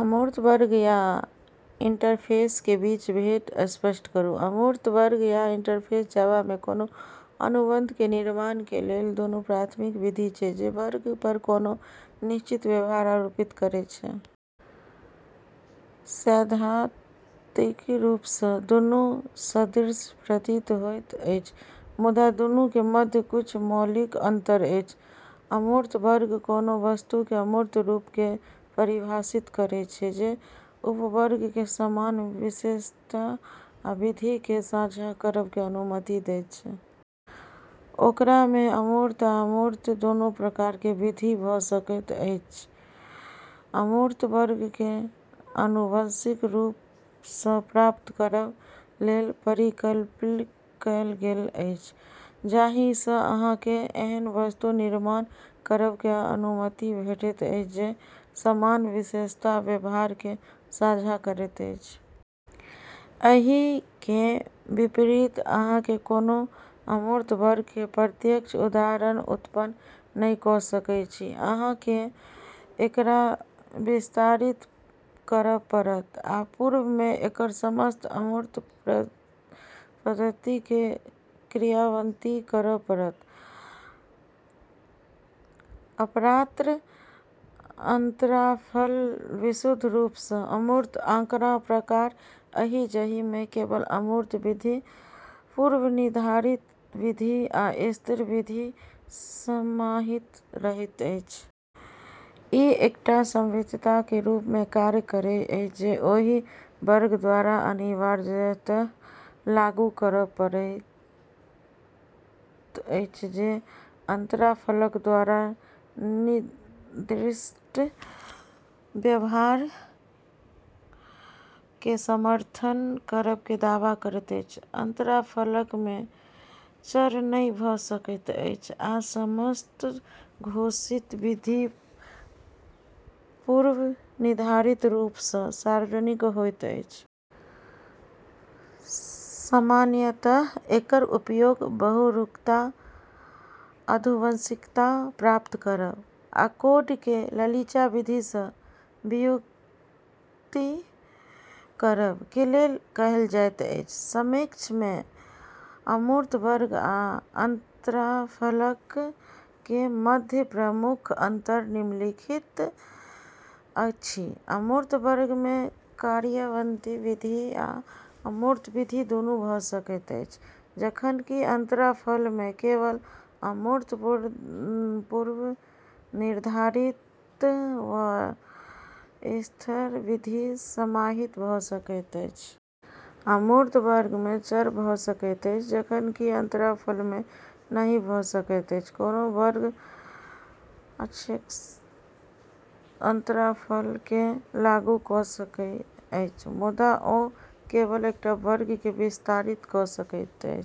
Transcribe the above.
अमूर्त वर्ग आ इंटरफेस के बीच भेद स्पष्ट करू। अमूर्त वर्ग आ इंटरफ़ेस जावा मे कोनो अनुबंध के निर्माण के लेल दुनू प्राथमिक विधि छै, जे वर्ग पर कोनो निश्चित व्यवहार आरोपित करैत छै। सैद्धांतिक रूप सँ दुनू सदृश प्रतीत होइत अछि, मुदा दुनू के मध्य किछु मौलिक अंतर अछि। अमूर्त वर्ग कोनो वस्तु के अमूर्त रूप के परिभाषित करैत छै, जे उपवर्ग के सामान्य विशेषता आ विधि के साझा करब के अनुमति दैत छै। ओकरा में अमूर्त आ मूर्त दुनू प्रकार के विधि भऽ सकैत अछि। अमूर्त वर्ग के आनुवंशिक रूप सँ प्राप्त करब के लेल परिकल्पित कएल गेल अछि, जाहि सँ अहाँ केँ एहन वस्तु निर्माण करब के अनुमति भेटैत अछि जे सामान्य विशेषता आ व्यवहार के साझा करैत अछि। एहि के विपरीत, अहाँ कोनो अमूर्त वर्ग के प्रत्यक्ष उदाहरण उत्पन्न नहि कऽ सकैत छी; अहाँ केँ एकरा विस्तारित करब पड़त आ पूर्व में एकर समस्त अमूर्त पद्धति के क्रियान्वित करब पड़त। अपरात्र, अंतराफलक विशुद्ध रूप सँ अमूर्त आँकड़ा प्रकार अछि जहि में केवल अमूर्त विधि, पूर्वनिर्धारित विधि, वा स्थिर विधि समाहित रहैत अछि। ई एकटा संविदा के रूप में कार्य करैत अछि जे ओहि वर्ग द्वारा अनिवार्यतः लागू करब पड़ैत अछि जे अंतराफलक द्वारा निर्दिष्ट व्यवहार के समर्थन करब के दावा करैत अछि। अंतराफलक में चर नहि भऽ सकैत अछि, आ समस्त घोषित विधि पूर्वनिर्धारित रूप सँ सार्वजनिक होइत अछि। सामान्यतः एकर उपयोग बहुरूपता, आनुवंशिकता प्राप्त करब, आ कोड के लचीला विधि सँ वियुग्मित करब के लेल कएल जाइत अछि। संक्षेप में, अमूर्त वर्ग आ अंतराफलक के मध्य प्रमुख अंतर निम्नलिखित अछि: अमूर्त वर्ग में कार्यन्वित विधि आ अमूर्त विधि, दुनू भऽ सकैत अछि, जखन कि अंतराफलक में केवल अमूर्त, पूर्वनिर्धारित वा स्थिर विधि समाहित भऽ सकैत अछि। अमूर्त वर्ग में चर भऽ सकैत अछि, जखन कि अंतराफलक में नहि भऽ सकैत अछि। कोनो वर्ग यथेच्छ अंतराफलक के लागू कऽ सकैत अछि, मुदा ओ केवल एकटा वर्ग के विस्तारित कऽ सकैत अछि।